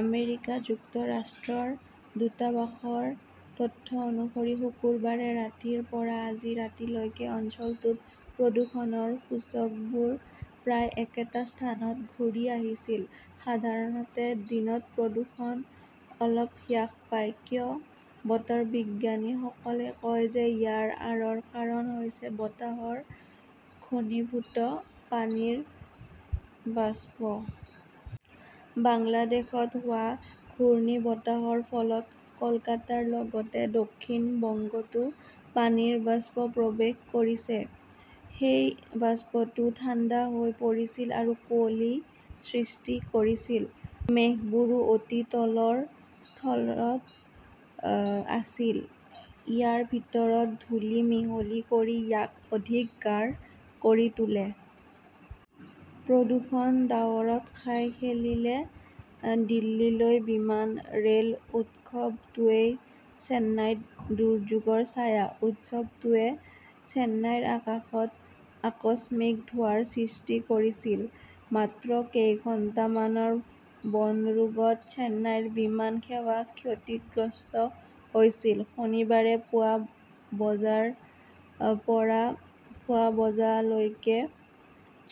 America যুক্তৰাষ্ট্ৰৰ দূতাবাসৰ তথ্য অনুসৰি, শুকুৰবাৰে ৰাতিৰ পৰা আজি ৰাতি লৈকে অঞ্চলটোত প্ৰদূষণৰ সূচকবোৰ প্ৰায় একেটা স্থানত ঘূৰি আহিছিল। সাধাৰণতে, দিনত প্ৰদূষণ অলপ হ্ৰাস পায়। কিয়? বতৰ বিজ্ঞানীসকলে কয় যে ইয়াৰ আঁৰৰ কাৰণ হৈছে বতাহৰ ঘনীভূত পানীৰ বাষ্প। বাংলাদেশত হোৱা ঘূৰ্ণীবতাহৰ ফলত কলকাতাৰ লগতে দক্ষিণ বংগতো পানীৰ বাষ্প প্ৰৱেশ কৰিছে। সেই বাষ্পটো ঠাণ্ডা হৈ পৰিছিল আৰু কুঁৱলী সৃষ্টি কৰিছিল। মেঘবোৰো অতি তলৰ স্তৰত আছিল। ইয়াৰ ভিতৰত ধূলি মিহলি কৰি ইয়াক অধিক গাঢ় কৰি তোলে। প্ৰদূষণ-ডাৱৰত খাই খেলিলে দিল্লীলৈ বিমান, ৰে'ল উৎসৱটোৱেই চেন্নাইত দুৰ্যোগৰ ছায়া। উৎসৱটোৱে চেন্নাইৰ আকাশত আকস্মিক ধোঁৱাৰ সৃষ্টি কৰিছিল। মাত্ৰ কেইঘণ্টামানৰ বনৰোগত চেন্নাইৰ বিমান সেৱা ক্ষতিগ্ৰস্ত হৈছিল। শনিবাৰে পুৱা বজাৰ পৰা পুৱা বজালৈকে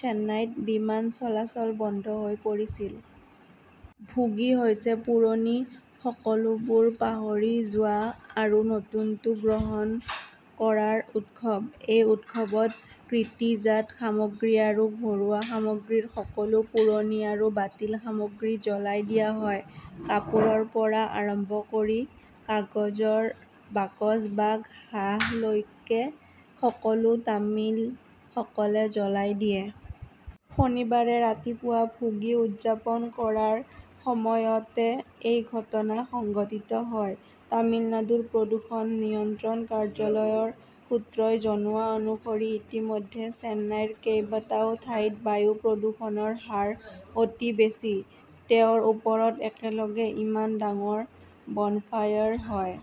চেন্নাইত বিমান চলাচল বন্ধ হৈ পৰিছিল। ভোগী হৈছে পুৰণি সকলোবোৰ পাহৰি যোৱা আৰু নতুনটো গ্ৰহণ কৰাৰ উৎসৱ। এই উৎসৱত কৃষিজাত সামগ্ৰী আৰু ঘৰুৱা সামগ্ৰীৰ সকলো পুৰণি আৰু বাতিল সামগ্ৰী জ্বলাই দিয়া হয়। কাপোৰৰ পৰা আৰম্ভ কৰি কাগজৰ বাকচ বা ঘাঁহলৈকে সকলো তামিলসকলে জ্বলাই দিয়ে। শনিবাৰে ৰাতিপুৱা ভোগী উদযাপন কৰাৰ সময়তে এই ঘটনা সংঘটিত হয়। তামিলনাডুৰ প্ৰদূষণ নিয়ন্ত্ৰণ কাৰ্যালয়ৰ সূত্ৰই জনোৱা অনুসৰি ইতিমধ্যে চেন্নাইৰ কেইবাটাও ঠাইত বায়ু প্ৰদূষণৰ হাৰ অতি বেছি। তেওঁৰ ওপৰত একেলগে ইমান ডাঙৰ বনফায়াৰ হয়।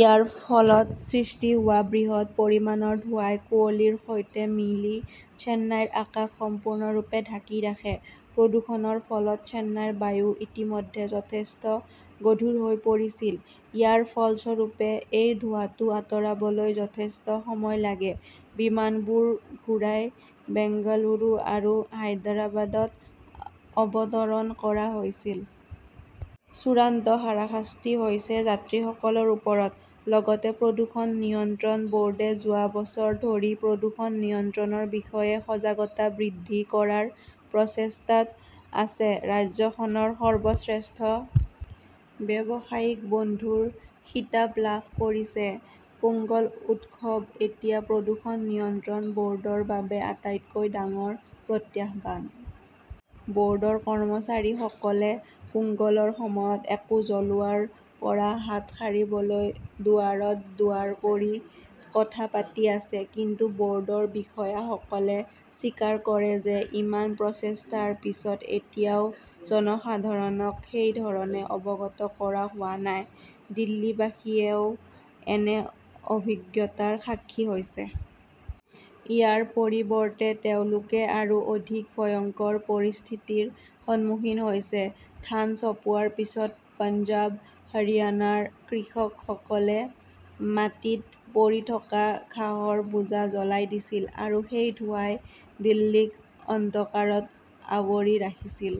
ইয়াৰ ফলত সৃষ্টি হোৱা বৃহৎ পৰিমাণৰ ধোঁৱাই কুঁৱলীৰ সৈতে মিলি চেন্নাইৰ আকাশ সম্পূৰ্ণৰূপে ঢাকি ৰাখে। প্ৰদূষণৰ ফলত চেন্নাইৰ বায়ু ইতিমধ্যে যথেষ্ট গধুৰ হৈ পৰিছিল। ইয়াৰ ফলস্বৰূপে এই ধোঁৱাটো আঁতৰাবলৈ যথেষ্ট সময় লাগে। বিমানবোৰ ঘূৰাই বেংগালুৰু আৰু হায়দৰাবাদত অৱতৰণ কৰা হৈছিল। চূড়ান্ত হাৰাশাস্তি হৈছে যাত্ৰীসকলৰ ওপৰত। লগতে প্ৰদূষণ নিয়ন্ত্ৰণ বৰ্ডে যোৱা বছৰ ধৰি প্ৰদূষণ নিয়ন্ত্ৰণৰ বিষয়ে সজাগতা বৃদ্ধি কৰাৰ প্ৰচেষ্টাত আছে, ৰাজ্যখনৰ সৰ্বশ্ৰেষ্ঠ ব্যৱসায়িক-বন্ধুৰ খিতাপ লাভ কৰিছে। পোংগল উৎসৱ এতিয়া প্ৰদূষণ নিয়ন্ত্ৰণ ব'ৰ্ডৰ বাবে আটাইতকৈ ডাঙৰ প্ৰত্যাহ্বান। ব'ৰ্ডৰ কৰ্মচাৰীসকলে পোঙ্গলৰ সময়ত একো জ্বলোৱাৰ পৰা হাত সাৰিবলৈ দুৱাৰত দুৱাৰ কৰি কথা পাতি আছে। কিন্তু ব'ৰ্ডৰ বিষয়াসকলে স্বীকাৰ কৰে যে ইমান প্ৰচেষ্টাৰ পিছত এতিয়াও জনসাধাৰণক সেই ধৰণে অৱগত কৰা হোৱা নাই। দিল্লীবাসীয়েও এনে অভিজ্ঞতাৰ সাক্ষী হৈছে। ইয়াৰ পৰিৱৰ্তে তেওঁলোকে আৰু অধিক ভয়ংকৰ পৰিস্থিতিৰ সন্মুখীন হৈছে। ধান চপোৱাৰ পিছত পঞ্জাৱ, হাৰিয়ানাৰ কৃষকসকলে মাটিত পৰি থকা ঘাঁহৰ বোজা জ্বলাই দিছিল। আৰু সেই ধোঁৱাই দিল্লীক অন্ধকাৰত আৱৰি ৰাখিছিল।